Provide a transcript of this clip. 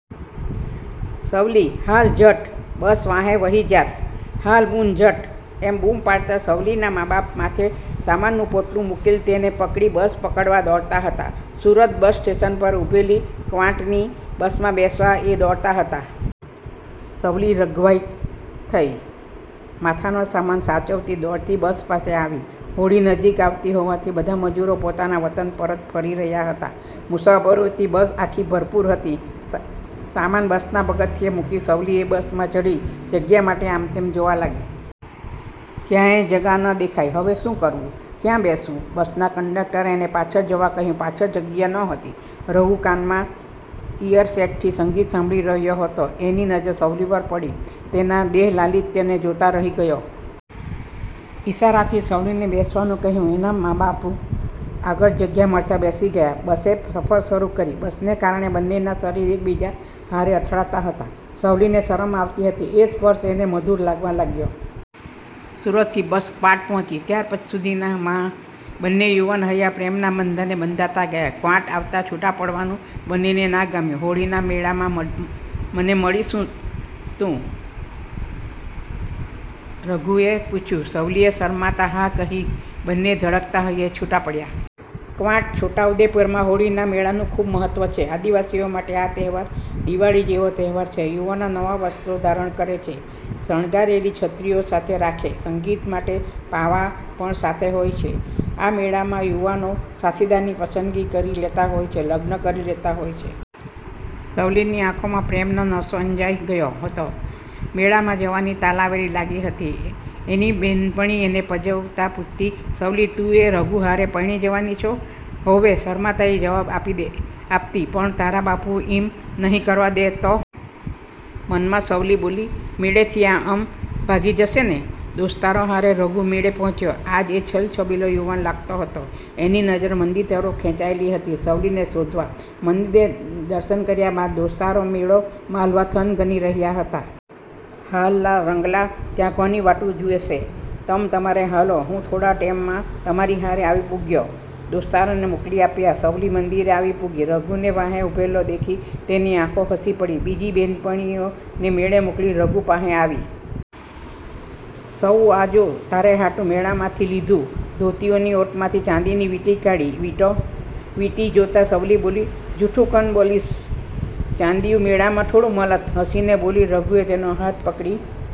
"સવલી હાલ ઝટ, બસ વાંહે વહી જાશ, હાલ બુન ઝટ," એમ બૂમ પાડતાં સવલીના મા-બાપ માથે સામાનનું પોટલું મૂકેલ તેને પકડી બસ પકડવા દોડતા હતા. સુરત બસ સ્ટેશન પર ઊભેલી કવાંટની બસમાં બેસવા એ દોડતા હતા. સવલી રઘવાઈ થઈ માથાનો સામાન સાચવતી દોડતી બસ પાસે આવી. હોળી નજીક આવતી હોવાથી બધા મજૂરો પોતાના વતન પરત ફરી રહ્યા હતા. મુસાફરોથી બસ આખી ભરપૂર હતી. સામાન બસના પગથિયે મૂકી સવલી એ બસમાં ચઢી, જગ્યા માટે આમતેમ જોવા લાગી. ક્યાંય જગા ના દેખાઈ. હવે શું કરવું? ક્યાં બેસવું? બસના કંડકટરે એને પાછળ જવા કહ્યું. પાછળ જગ્યા નહોતી. રઘુ કાનમાં ઈઅરસેટથી સંગીત સાંભળી રહ્યો હતો, એની નજર સવલી પર પડી. તેના દેહલાલિત્યને જોતો રહી ગયો. ઈશારાથી સવલીને બેસવાનું કહ્યું. એના મા-બાપુ આગળ જગ્યા મળતા બેસી ગયા. બસે સફર શરૂ કરી. બસને કારણે બંનેના શરીર એકબીજા હારે અથડાતાં હતા. સવલીને શરમ આવતી હતી. એ સ્પર્શ એને મધુર લાગવા લાગ્યો. સુરતથી બસ કવાંટ પહોંચી, ત્યાર સુધીમાં બંને યુવાન હૈયા પ્રેમના બંધને બંધાતા ગયા. કવાંટ આવતાં છૂટા પડવાનું બંનેને ના ગમ્યું. "હોળીના મેળામાં મને મળીશ તું?" રઘુએ પૂછ્યું. સવલીએ શરમાતા "હા" કહી! બંને ધડકતા હૈયે છૂટા પડ્યા. કવાંટ-છોટાઉદેપુરમાં હોળીના મેળાનું ખૂબ મહત્વ છે. આદિવાસીઓ માટે આ તહેવાર દિવાળી જેવો તહેવાર છે. યુવાનો નવા વસ્ત્રો ધારણ કરે છે, શણગારેલી છત્રીઓ સાથે રાખે, સંગીત માટે પાવા પણ સાથે હોય છે. આ મેળામાં યુવાનો સાથીદારની પસંદગી કરી લેતા હોય છે, લગ્ન કરી લેતા હોય છે. સવલીની આંખોમાં પ્રેમનો નશો અંજાય ગયો હતો, મેળામાં જવાની તાલાવેલી લાગી હતી. એની બે'નપણી એને પજવતાં પૂછતી, "સવલી તું ઈ રઘુ હારે પૈણી જવાની છો?" "હોવે" શરમાતાં એ જવાબ આપતી. "પણ તારા બાપુ ઈમ નહીં કરવા દેતો?" મનમાં સવલી બોલી,"મેળેથી અમ ભાગી જશેને" દોસ્તારો હારે રઘુ મેળે પહોંચ્યો. આજ એ છેલછબીલો યુવાન લાગતો હતો. એની નજર મંદિર તરફ ખેંચાયેલી હતી, સવલીને શોધવા. મંદિરે દર્શન કર્યા બાદ, દોસ્તારો મેળો મહાલવા થનગની રહ્યા હતા, યૌવનનું પૂર ઉમટ્યું હતું. "હાલ-લા રંગલા, ત્યાં કોની વાટુ જુવેશ?" "તમ તમારે હાલો, હું થોડા ટેમમાં તમારી હારે આવી પૂગ્યો." દોસ્તારને મોકલી આપ્યા. સવલી મંદિરે આવી પૂગી. રઘુને વાંહે ઊભેલો દેખી તેની આંખો હસી પડી. બીજી બે'નપણીને મેળે મોકલી રઘુ પાંહે આવી. "સવુ આ જો, તારે હાટુ મેળામાંથી લીધું." ધોતીની ઓટમાંથી ચાંદીની વીંટી કાઢી. વીંટી જોતાં સવલી બોલી, "જુઠુ કને બોલશ? ચાંદીયુ મેળામાં થોડું મલત?" હસીને બોલી. રઘુએ તેનો હાથ પકડી